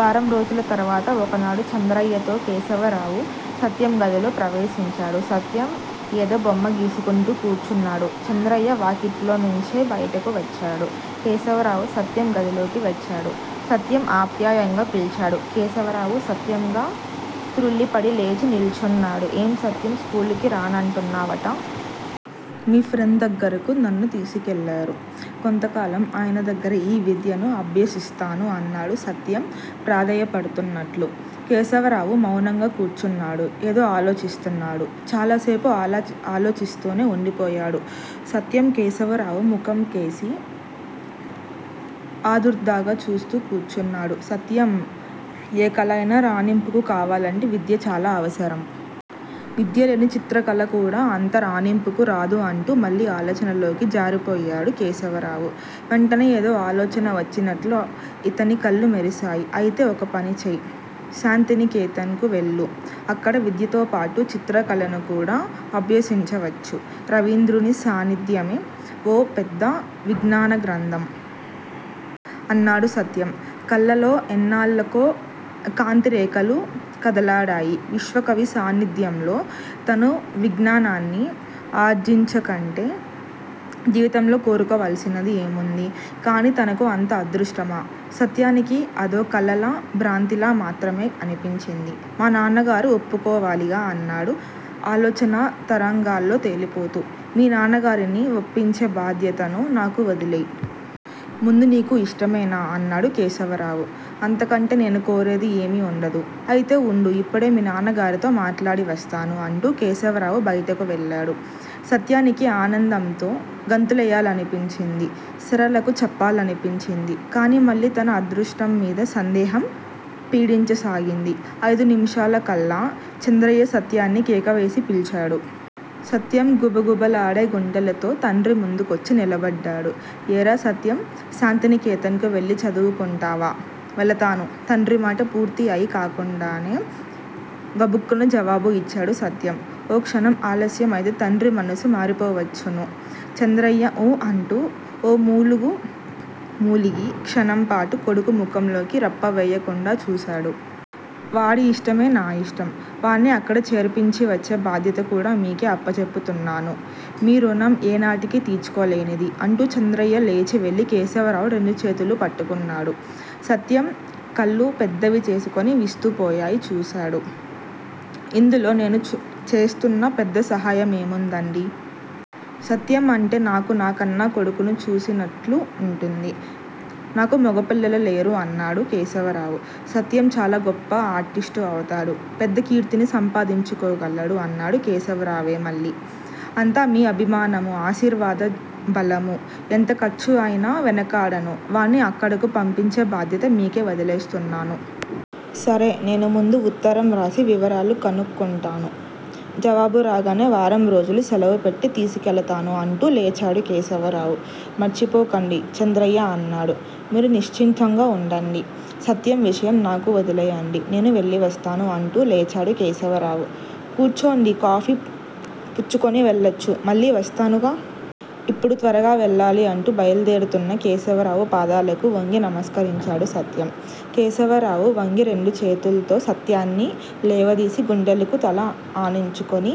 వారం రోజుల తర్వాత ఒకనాడు చంద్రయ్యతో కేశవరావు, సత్యం గదిలో ప్రవేశించాడు. సత్యం ఏదో బొమ్మ గీసుకుంటూ కూర్చున్నాడు. చంద్రయ్య వాకిట్లోనుంచే బయటకు వచ్చాడు. కేశవరావు సత్యం గదిలోకి వచ్చాడు. సత్యం! ఆప్యాయంగా పిల్చాడు కేశవరావు. సత్యంగా తృళ్ళిపడి లేచి నిల్చున్నాడు. ఏం సత్యం! స్కూలుకి రానంటున్నావట? మీ ఫ్రండ్ దగ్గరకు నన్ను తీసుకెళ్ళరూ! కొంతకాలం ఆయనదగ్గర ఈ విద్యనూ అభ్యసిస్తాను అన్నాడు సత్యం ప్రాధేయపడుతున్నట్లు. కేశవరావు మౌనంగా కూర్చున్నాడు. ఏదో ఆలోచిస్తున్నాడు. చాలాసేపు అలా ఆలోచిస్తూనే వుండిపోయాడు. సత్యం కేశవరావు ముఖంకేసి ఆదుర్దాగా చూస్తూ కూర్చున్నాడు. సత్యం! ఏ కళయినా రాణింపుకు కావాలంటే విద్య చాలా అవసరం! విద్యలేని చిత్రకళకూడా అంత రాణింపుకు రాదు అంటూ మళ్ళీ ఆలోచనలోకి జారిపోయాడు కేశవరావు. వెంటనే ఏదో ఆలోచన వచ్చినట్లు ఇతని కళ్ళు మెరిశాయి. అయితే ఒక పని చెయ్యి. శాంతినికేతన్ కు వెళ్ళు. అక్కడ విద్యతోపాటు చిత్రకళనుకూడా అభ్యసించవచ్చును. రవీంద్రుని సాన్నిధ్యమే ఓ పెద్ద విజ్ఞానగ్రంథం! అన్నాడు. సత్యం కళ్ళలో ఎన్నాళ్ళకో కాంతి రేఖలు కదలాడాయి. విశ్వకవి సాన్నిధ్యంలో తను విజ్ఞానాన్ని ఆర్జించకంటే జీవితంలో కోరుకోవలసింది ఏముంది? కాని తనకు అంత అదృష్టమా? సత్యానికి అదో కలలా, భ్రాంతిలా మాత్రమే అనిపించింది. మా నాన్నగారు ఒప్పుకోవాలిగా? అన్నాడు ఆలోచనా తరంగాల్లో తేలిపోతూ. మీ నాన్నగారిని వప్పించే బాధ్యతను నాకు వదిలేయ్! ముందు నీకు ఇష్టమేనా? అన్నాడు కేశవరావు. అంతకంటే నేనుకోరేది ఏమీ వుండదు. అయితే వుండు ఇప్పుడే మీ నాన్నగారితో మాట్లాడివస్తాను అంటూ కేశవరావు బయటకు వెళ్ళాడు. సత్యానికి ఆనందంతో గంతులేయాలనిపించింది. సరళకు చెప్పాలనిపించింది; కాని మళ్ళీ తన అదృష్టంమీద సందేహం పీడించసాగింది. ఐదు నిముషాలకల్లా చంద్రయ్య సత్యాన్ని కేకవేసి పిల్చాడు. సత్యం గుబగుబలాడే గుండెలతో తండ్రి ముందుకొచ్చి నిలబడ్డాడు. ఏరా సత్యం! శాంతినికేతన్ కు వెళ్ళి చదువుకుంటావా? వెళతాను! తండ్రిమాట పూర్తి అయీ కాకుండానే గబుక్కున జవాబు ఇచ్చాడు సత్యం. ఓ క్షణం ఆలస్యం అయితే తండ్రి మనస్సు మారిపోవచ్చును! చంద్రయ్య 'ఊఁ' అంటూ ఓ మూలుగు మూలిగి క్షణంపాటు కొడుకు ముఖంలోకి రెప్పవెయ్యకుండా చూశాడు. వాడి ఇష్టమే నా ఇష్టం! వాణ్ణి అక్కడ చేర్పించివచ్చే బాధ్యత కూడా మీకే అప్పజెపుతున్నాను. మీ ఋణం ఏనాటికీ తీర్చుకోలేనిది! అంటూ చంద్రయ్య లేచి వెళ్ళి కేశవరావు రెండుచేతులూ పట్టుకున్నాడు. సత్యం కళ్ళు పెద్దవి చేసుకొని విస్తుపోయాయి చూశాడు. ఇందులో నేను చేస్తున్న పెద్దసహాయం ఏముందండీ? సత్యం అంటే నాకు నా కన్న కొడుకును చూసినట్లు ఉంటుంది. నాకు మొగపిల్లలు లేరు అన్నాడు కేశవరావు. సత్యం చాలా గొప్ప ఆర్టిస్టు అవుతాడు. పెద్ద కీర్తిని సంపాదించుకోగలడు అన్నాడు కేశవరావే మళ్ళీ. అంతా మీ అభిమానమూ, ఆశీర్వాద బలమూ! ఎంత ఖర్చయినా వెనకాడను. వాణ్ణి అక్కడకు పంపించే బాధ్యత మీకే వదిలేస్తున్నాను. సరే! నేను ముందు ఉత్తరంరాసి వివరాలు కనుక్కుంటాను. జవాబు రాగానే వారంరోజులు శెలవుపెట్టి తీసుకెళతాను అంటూ లేచాడు కేశవరావు. మర్చిపోకండి! చంద్రయ్య అన్నాడు. మీరు నిశ్చింతగా ఉండండి. సత్యం విషయం నాకు వదిలేయండి. నేను వెళ్ళివస్తాను అంటూ లేచాడు కేశవరావు. కూర్చోండి! కాఫీ పుచ్చుకొని వెళ్లొచ్చు మళ్ళీ వస్తానుగా! ఇప్పుడు త్వరగా వెళ్ళాలి అంటూ బయలుదేరుతున్న కేశవరావు పాదాలకు వొంగి నమస్కరించాడు సత్యం. కేశవరావు వంగి రెండు చేతుల్తో సత్యాన్ని లేవదీసి గుండెలకు తల ఆనించుకొని